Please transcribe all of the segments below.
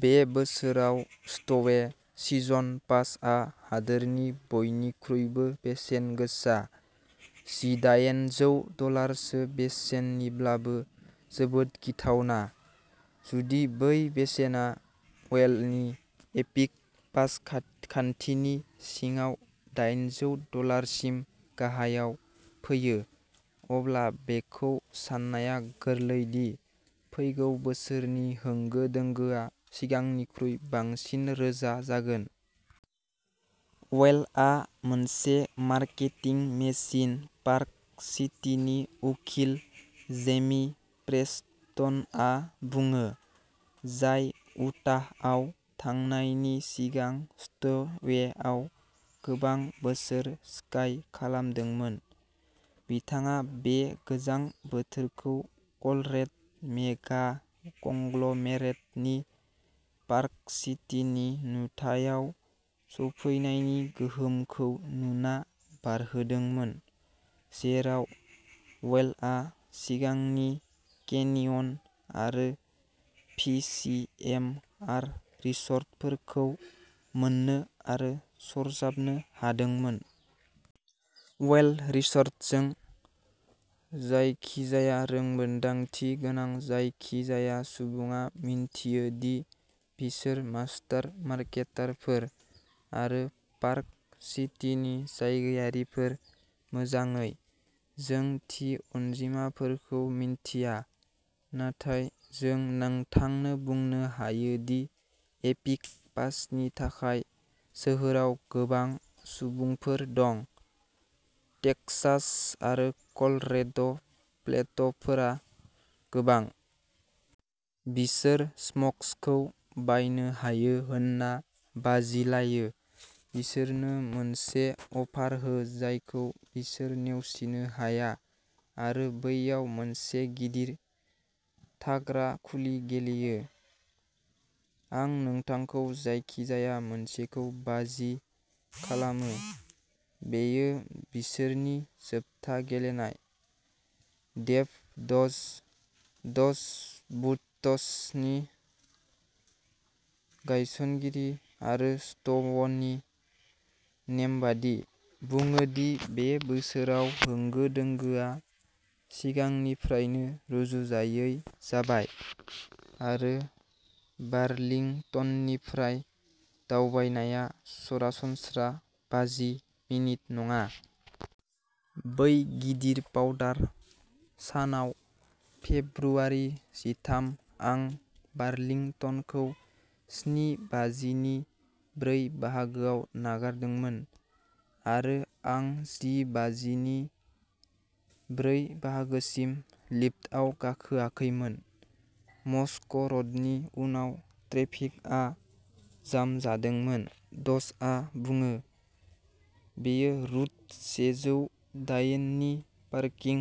बे बोसोराव स्ट'वे सिजन पासआ हादोरनि बयनिख्रुइबो बेसेनगोसा, जिदायेनजौ डलारसो बेसेननिब्लाबो जोबोद गिथावना। जुदि बै बेसेना वेलनि एपिक पास खान्थिनि सिङाव दायेनजौ डलारसिम गाहायाव फैयो, अब्ला बेखौ साननाया गोरलै दि फैगौ बोसोरनि होंगो दोंगोआ सिगांनिख्रुइ बांसिन रोजा जागोन। वेलआ मोनसे मार्केटिं मेसिन पार्क सिटीनि उखिल जेमी प्रेस्टनआ बुङो, जाय उटाहआव थांनायनि सिगां स्ट'वेआव गोबां बोसोर स्काइ खालामदोंमोन। बिथाङा बे गोजां बोथोरखौ कलरेड' मेगा-कंग्ल'मेरेटनि पार्क सिटीनि नुथायाव सफैनायनि गोहोमखौ नुना बारहोदोंमोन, जेराव वेलआ सिगांनि केनियन आरो फि सि एम आर रिसर्टफोरखौ मोननो आरो सरजाबनो हादोंमोन। वेल रिसर्टजों जायखिजाया रोंमोनदांथि गोनां जायखिजाया सुबुङा मिन्थियो दि बिसोर मास्टार मार्केटारफोर, आरो पार्क सिटीनि जायगायारिफोर मोजाङै, जों थि अनजिमाफोरखौ मिन्थिया, नाथाय जों नोंथांनो बुंनो हायो दि एपिक पासनि थाखाय सोहोराव गोबां सुबुंफोर दं, टेक्सास आरो कलरेड'प्लेटफोरा गोबां। बिसोर स्मग्सखौ बायनो हायो होनना बाजि लायो बिसोरनो मोनसे अफार हो जायखौ बिसोर नेवसिनो हाया आरो बैयाव मोनसे गिदिर थाग्रा खुलि गेलेयो। आं नोंथांखौ जायखिजाया मोनसेखौ बाजि खालामो, बेयो बिसोरनि जोबथा गेलेनाय। डेभ डज, डज बुटसनि गायसनगिरि आरो स्ट'वनि नेमबादि, बुङो दि बे बोसोराव होंगो दोंगोआ सिगांनिफ्रायनो रुजुजायै जाबाय, आरो बार्लिंटननिफ्राय दावबायनाया सरासनस्रा बाजि मिनिट नङा। बै गिदिर पाउडार सानाव फेब्रुआरि जिथाम आं बार्लिंटनखौ स्नि बाजिनि ब्रै बाहागोयाव नागारदोंमोन आरो आं जि बाजिनि ब्रै बाहागोसिम लिफ्टआव गाखोआखैमोन। मस्क'र'डनि उनाव ट्रेफिकआ जाम जादोंमोन डजआ बुङो। बेयो रुट सेजौ दायेन नि पार्किं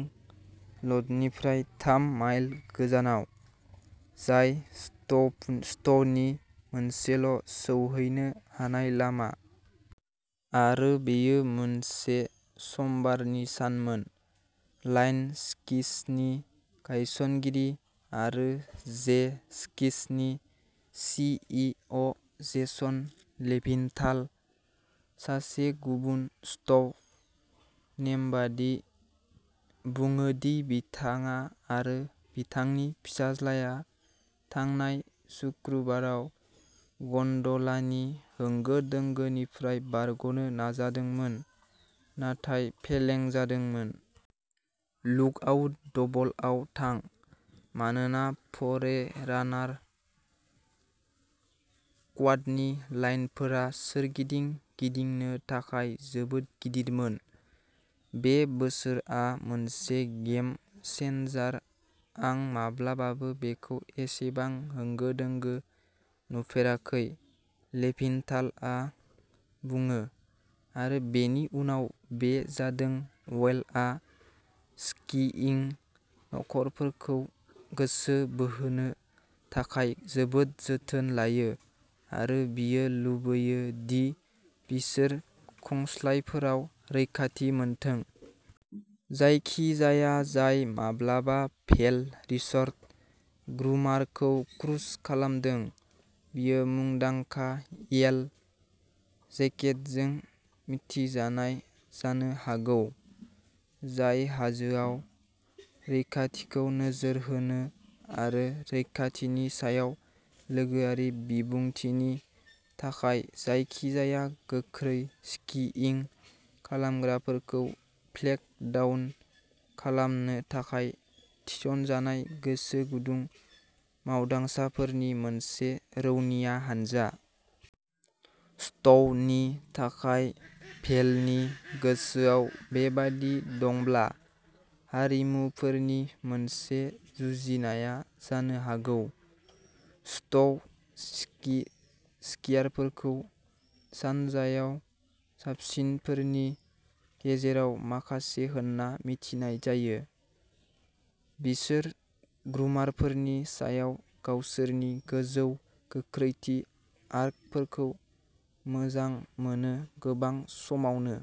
ल'टनिफ्राय थाम माइल गोजानाव, जाय स्ट'वनि मोनसेल' सौहैनो हानाय लामा। आरो बेयो मोनसे समबारनि सानमोन। लाइन स्किसनि गायसनगिरि आरो जे स्किसनि C E O Jason Levinthal, सासे गुबुन स्ट'व नेमबादि, बुङो दि बिथाङा आरो बिथांनि फिसाज्लाया थांनाय सुक्रुबाराव गन्ड'लानि होंगो दोंगोनिफ्राय बारग'नो नाजादोंमोन, नाथाय फेलें जादोंमोन। लुकआउट डबलआव थां, मानोना फरेरानार क्वाडनि लाइनफोरा सोरगिदिं गिदिंनो थाखाय जोबोद गिदिरमोन। बे बोसोरआ मोनसे गेम चेन्जार आं माब्लाबाबो बेखौ एसेबां होंगो दोंगो नुफेराखै लेभिनथालआ बुङो। आरो बेनि उनाव बे जादों वेलआ स्कीइं नखरफोरखौ गोसो बोहोनो थाखाय जोबोद जोथोन लायो, आरो बियो लुबैयो दि बिसोर खंस्लायफोराव रैखाथि मोनथों। जायखिजाया जाय माब्लाबा भेल रिसर्ट ग्रुमारखौ क्रुज खालामदों, बियो मुंदांखा येल' जेकेटजों मिथिजानाय जानो हागौ, जाय हाजोआव रैखाथिखौ नोजोर होनो आरो रैखाथिनि सायाव लोगोआरि बिबुंथिनि थाखाय जायखिजाया गोख्रै स्कीइं खालामग्राफोरखौ फ्लेग डाउन खालामनो थाखाय थिसनजानाय गोसोगुदुं मावदांसाफोरनि मोनसे रौनिया हानजा। स्ट'वनि थाखाय भेलनि गोसोआव बेबादि दंब्ला, हारिमुफोरनि मोनसे जुजिनाया जानो हागौ। स्ट'व स्कि--स्कियारफोरखौ सानजायाव साबसिनफोरनि गेजेराव माखासे होनना मिथिनाय जायो। बिसोर ग्रुमारफोरनि सायाव गावसोरनि गोजौ गोख्रैथि आर्कफोरखौ मोजां मोनो गोबां समावनो।